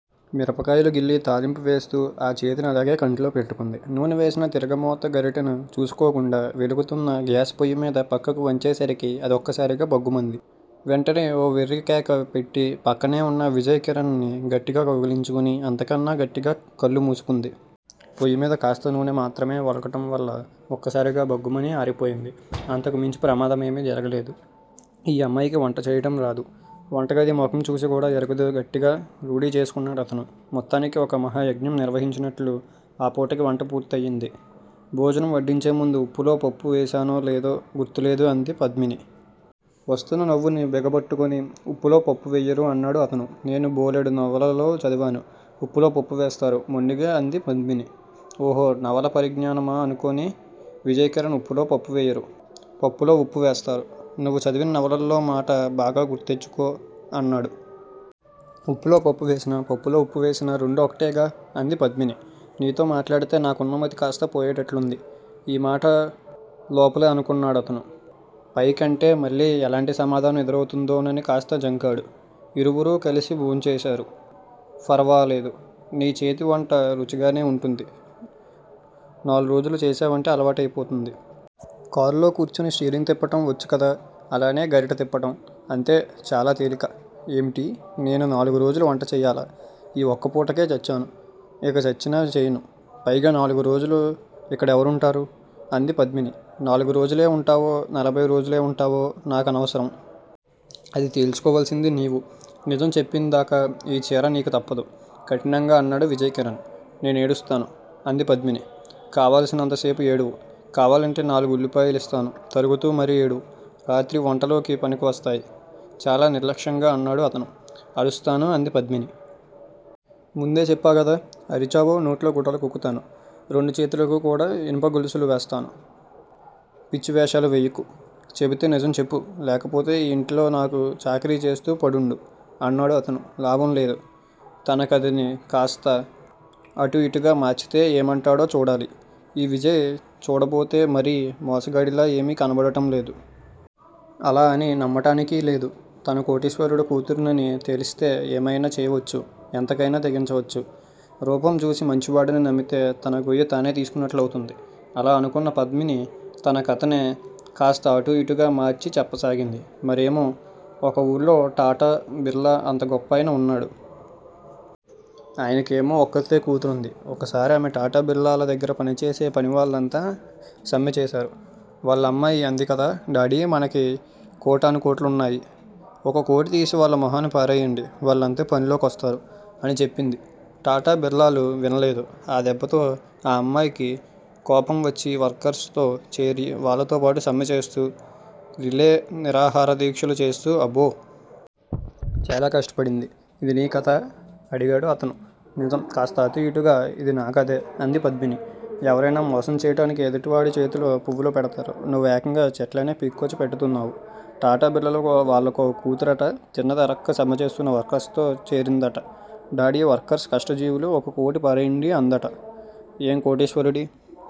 మిరపకాయలు గిల్లి తాలింపు వేస్తూ ఆ చేతినలాగే కంట్లో పెట్టుకుంది. నూనె వేసిన తిరగమోత గరిటని చూసుకోకుండా వెలుగుతున్న గ్యాస్ పొయ్యిమీద పక్కకు వంచేసరికి అది ఒక్కసారిగా భగ్గుమంది. వెంటనే ఓ వెర్రికేక పెట్టి పక్కనేవున్న విజయ్ కిరణ్ ని గట్టిగా కౌగిలించుకుని అంతకన్నా గట్టిగా కళ్ళు మూసుకుంది. పొయ్యిమీద కాస్త నూనె మాత్రమే వొలకటంవల్ల ఒక్కసారి భగ్గుమని ఆరిపోయింది. అంతకు మించి ప్రమాదమేమీ జరగలేదు. ఈ అమ్మాయికి వంట చేయటంరాదు. వంటగది మొహం చూసికూడా ఎరగదు గట్టిగా రూఢీ చేసుకున్నాడు అతను. మొత్తానికి ఒక మహాయజ్ఞం నిర్వహించినట్లు ఆ పూటకి వంట పూర్తయింది. భోజనం వడ్డించే ముందు ఉప్పులో పప్పు వేశానో లేదో గుర్తులేదు అంది పద్మిని. వస్తున్న నవ్వుని బిగపట్టుకుని ఉప్పులో పప్పు వేయరు అన్నాడు అతను. నేను బోలెడు నవలల్లో చదివాను. ఉప్పులో పప్పు వేస్తారు మొండిగా అంది పద్మిని. ఓహో నవలా పరిజ్ఞానమా అనుకొన్న విజయ్ కిరణ్ ఉప్పులో పప్పువేయరు. పప్పులో ఉప్పు వేస్తారు. నువ్వు చదివిన నవలల్లోమాట బాగా గుర్తుతెచ్చుకో అన్నాడు. ఉప్పులో పప్పువేసినా, పప్పులో వుప్పువేసినా రెండూ ఒకటేగా. అంది పద్మిని. నీతో మాట్లాడితే నాకున్నమతి కాస్తా పోయేటట్లుంది. ఈమాట లోపలే అనుకున్నాడతను. పైకి అంటే మళ్ళీ ఎలాంటి సమాధానం ఎదురవుతుందోనని కాస్త జంకాడు. ఇరువురూ కలిసి భోంచేశారు. ఫరవాలేదు. నీ చేతివంట రుచిగానే వుంటుంది. నాల్రోజులు చేశావంటే అలవాటయిపోతుంది. కారులో కూర్చుని స్టీరింగ్ తిప్పటం వచ్చుకదా! అలానే గరిట తిప్పటం. అంతే చాలా తేలిక. ఏమిటి? నేను నాలుగురోజులు వంటచేయాలా? ఈ వక్కపూటకే చచ్చాను. ఇక చచ్చినా చేయను. పైగా నాలుగురోజులు ఇక్కడెవరుంటారు. అంది పద్మిని. నాలుగు రోజులే వుంటావో, నలభయి రోజులో వుంటావో నాకనవసరం. అది తేల్చుకోవలసింది నీవు. నిజం చెప్పిందాకా ఈ చెర నీకు తప్పదు. కఠినంగా అన్నాడు విజయ్ కిరణ్. నేనేడుస్తాను. అంది పద్మిని. కావలసినంతసేపు ఏడువ్. కావాలంటే నాలుగు ఉల్లిపాయలిస్తాను. తరుగుతూ మరీ ఏడువ్. రాత్రి వంటలోకి పనికివస్తాయి. చాలా నిర్లక్ష్యంగా అన్నాడు అతను. అరుస్తాను. అంది పద్మిని. ముందే చెప్పాకదా! అరిచావో నోట్లో గుడ్డలు కుక్కుతాను. రెండు చేతులకు కూడా ఇనుపగొలుసు వేస్తాను. పిచ్చివేషాలు వేయకు. చెబితే నిజం చెప్పు. లేకపోతే ఈ ఇంటిలో నాకు చాకిరీచేస్తూ పడుండు. అన్నాడు అతను. లాభంలేదు. తనకధని కాస్త అటూ ఇటూగా మార్చితే ఏమంటాడో చూడాలి. ఈ విజయ్ చూడబోతే మరీ మోసగాడిలా ఏమీ కనబడటంలేదు. అలా అని నమ్మటానికి లేదు. తను కోటీశ్వరుడి కూతుర్నని తెలిస్తే ఏమైనా చేయవచ్చు, ఎంతకయినా తెగించవచ్చు. రూపంచూసి మంచివాడని నమ్మితే తన గొయ్యి తనే తీసుకున్నట్లవుతుంది. అలా అనుకున్న పద్మిని తన కథనే కాస్త అటూ ఇటూగా మార్చి చెప్పసాగింది. మరేమో! ఒక ఊళ్ళో టాటా, బిర్లా అంత గొప్పాయన ఉన్నాడు. ఆయనకేమో ఒక్కతే కూతురుంది. ఒకసారేమో టాటా, బిర్లాల దగ్గర పనిచేసే పనివాళ్ళంతా సమ్మెచేశారు. వాళ్ళమ్మాయి అందికదా డాడీ! మనకి కోటానుకోట్లున్నాయి. ఒక కోటితీసి వాళ్ళ మొహాన పారేయండి వాళ్ళంతా పనిలోకొస్తారు. అని చెప్పింది. టాటా, బిర్లాలు వినలేదు. ఆ దెబ్బతో ఆ అమ్మాయికి కోపంవచ్చి వర్కర్స్ తో చేరి వాళ్ళతోపాటు సమ్మెచేస్తూ, రిలే నిరాహారదీక్షలు చేస్తూ అబ్బో! చాలా కష్టపడింది ఇది నీ కథా! అడిగాడు అతను. నిజం. కాస్త అటూ ఇటూగా ఇది నా కధే. అంది పద్మిని. ఎవరయినా మోసంచేయటానికి ఎదుటివాడిచేతిలో పువ్వులు పెడతారు. నువ్వు ఏకంగా చెట్లనే పీక్కొచ్చి పెట్టేట్టున్నావ్. టాటా, బిట్లాలుట వాళ్ళకో కూతురట తిన్నది అరక్క సమ్మెచేస్తున్న వర్కర్స్ తో చేరిందట. డాడీ! వర్కర్స్ కష్టజీవులు. ఒకకోటి పారేయండి అందిట. ఏ కోటీశ్వరుడి